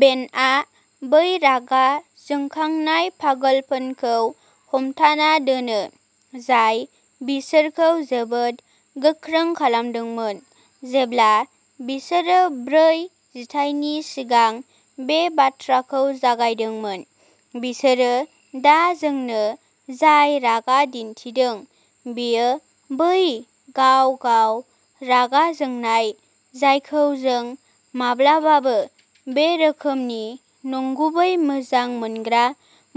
बेन्डआ बै रागा जोंखांनाय पागलपनखौ हमथाना दोनो, जाय बिसोरखौ जोबोद गोख्रों खालामदोंमोन जेब्ला बिसोरो ब्रै जिथायनि सिगां बे बाथ्राखौ जागायदोंमोन। बिसोरो दा जोंनो जाय रागा दिन्थिदों, बेयो बै गाव-गाव रागा जोंनाय जायखौ जों माब्लाबाबो बे रोखोमनि नंगुबै मोजां मोनग्रा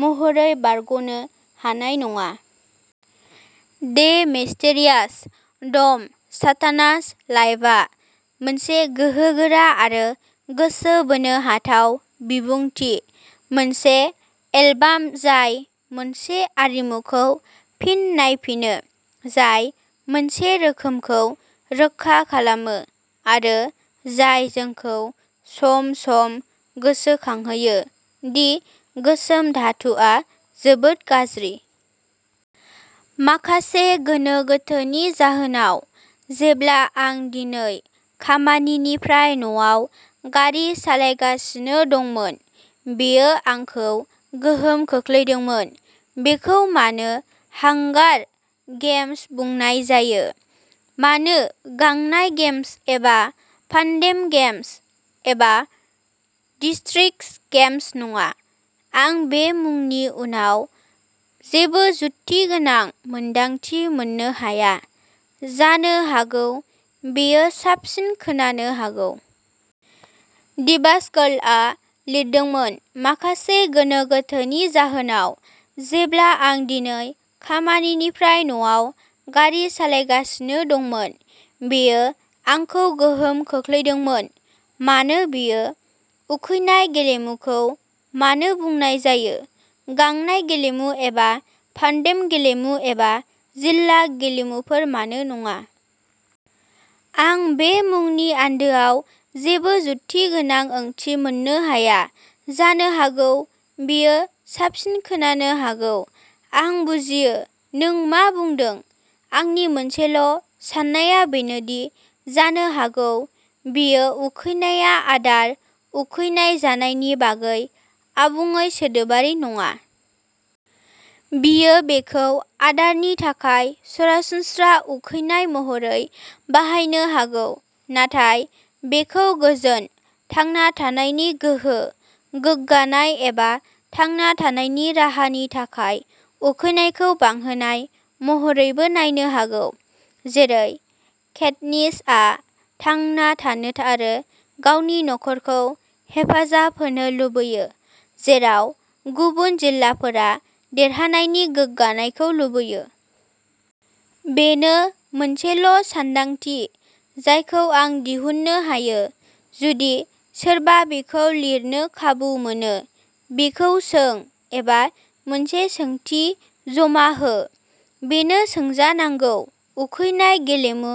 महरै बारग'नो हानाय नङा। दे मिस्टेरियास डम साथानास एलाइभआ मोनसे गोहोगोरा आरो गोसो बोनो हाथाव बिबुंथि, मोनसे एलबाम जाय मोनसे आरिमुखौ फिन नायफिनो जाय मोनसे रोखोमखौ रोखा खालामो आरो जाय जोंखौ सम-सम गोसोखांहोयो दि गोसोम धातुआ जोबोद गाज्रि। माखासे गोनो-गोथोनि जाहोनाव, जेब्ला आं दिनै खामानिनिफ्राय न'आव गारि सालायगासिनो दंमोन, बेयो आंखौ गोहोम खोख्लैदोंमोन बेखौ मानो हांगार गेम्स बुंनाय जायो? मानो गांनाय गेम्स एबा पान्डेम गेम्स एबा डिस्ट्रिक्ट गेम्स नङा। आं बे मुंनि उनाव जेबो जुक्तिगोनां मोनदांथि मोननो हाया, जानो हागौ बेयो साबसिन खोनानो हागौ। डिबासगर्लआ लिरदोंमोन माखासे गोनो-गोथोनि जाहोनाव, जेब्ला आं दिनै खामानिनिफ्राय न'आव गारि सालायगासिनो दंमोन, बेयो आंखौ गोहोम खोख्लैदोंमोन मानो बेयो? उखैनाय गेलेमुखौ मानो बुंनाय जायो? गांनाय गेलेमु एबा पान्डेम गेलेमु एबा जिल्ला गेलेमुफोर मानो नङा? आं बे मुंनि आन्दोआव जेबो जुक्तिगोनां ओंथि मोननो हाया, जानो हागौ बेयो साबसिन खोनानो हागौ। आं बुजियो नों मा बुदों। आंनि मोनसेल' साननाया बेनोदि जानो हागौ बियो उखैनाया आदार उखैनाय जानायनि बागै आबुङै सोदोबारि नङा। बियो बेखौ आदारनि थाखाय सरासनस्रा उखैनाय महरै बाहायनो हागौ, नाथाय बेखौ गोजोन, थांना थानायनि, गोहो, गोग्गानाय, एबा थांना थानायनि राहा नि थाखाय उखैनायखौ बांहोनाय महरैबो नायनो हागौ। जेरै केटनिसआ थांना थानो आरो गावनि नखरखौ हेफाजाब होनो लुबैयो, जेराव गुबुन जिल्लाफोरा देरहानायनि गोग्गानायखौ लुबैयो। बेनो मोनसेल' सानदांथि जायखौ आं दिहुननो हायो। जुदि सोरबा बिखौ लिरनो खाबु मोनो, बिखौ सों, एबा मोनसे सोंथि जमा हो बेनो सोंजानांगौ उखैनाय गेलेमु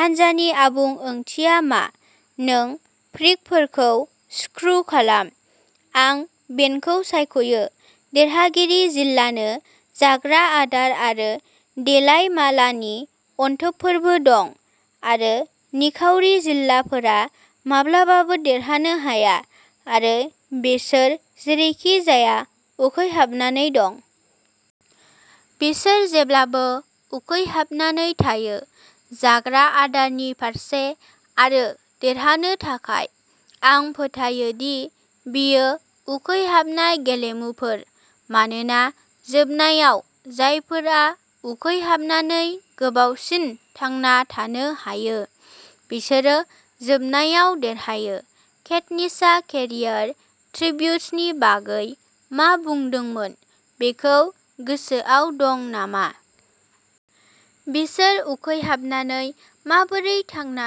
हानजानि आबुं ओंथिया मा नों फ्रिकफोरखौ स्क्रु खालाम आं बेनखौ सायख'यो देरहागिरि जिल्लानो जाग्रा आदार आरो देलाय मालानि अनथोबफोरबो दं, आरो निखावरि जिल्लाफोरा माब्लाबाबो देरहानो हाया, आरो बिसोर जेरैखिजाया उखैहाबनानै दं। बिसोर जेब्लाबो उखैहाबनानै थायो जाग्रा आदारनि फारसे आरो देरहानो थाखाय। आं फोथायो दि बेयो उखैहाबनाय गेलेमुफोर मानोना जोबनायाव जायफोरा उखैहाबनानै गोबावसिन थांना थानो हायो बिसोरो जोबनायाव देरहायो। केटनिसआ केरियार ट्रिब्युट्सनि बागै मा बुंदोंमोन बेखौ गोसोआव दं नामा? बिसोर उखैहाबनानै माबोरै थांना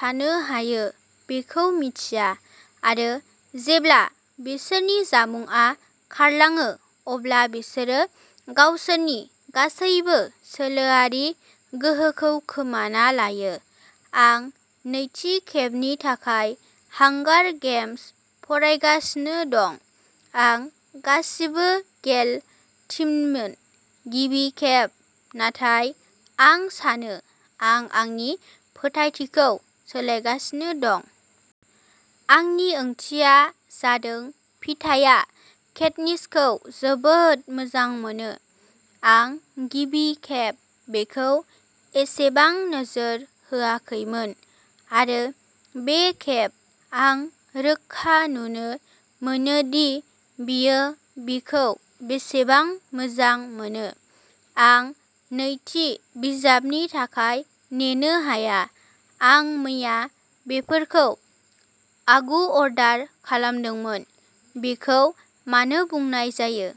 थानो हायो बेखौ मिथिया। आरो जेब्ला बिसोरनि जामुंआ खारलाङो अब्ला बिसोरो गावसोरनि गासैबो सोलोआरि गोहोखौ खोमाना लायो। आं नैथि खेबनि थाखाय हांगार गेम्स फरायगासिनो दं। आं गासिबो गेल टीममोन, गिबि खेब, नाथाय आं सानो आं आंनि फोथायथिखौ सोलायगासिनो दं। आंनि ओंथिया जादों पीटाया केटनिसखौ जोबोद मोजां मोनो। आं गिबि खेब बेखौ एसेबां नोजोर होआखैमोन आरो बे खेब, आं रोखा नुनो मोनो दि बियो बिखौ बेसेबां मोजां मोनो। आं नैथि बिजाबनि थाखाय नेनो हाया। आं मैया बेफोरखौ आगु-अर्डार खालामदोंमोन। बेखौ मानो बुंनाय जायो?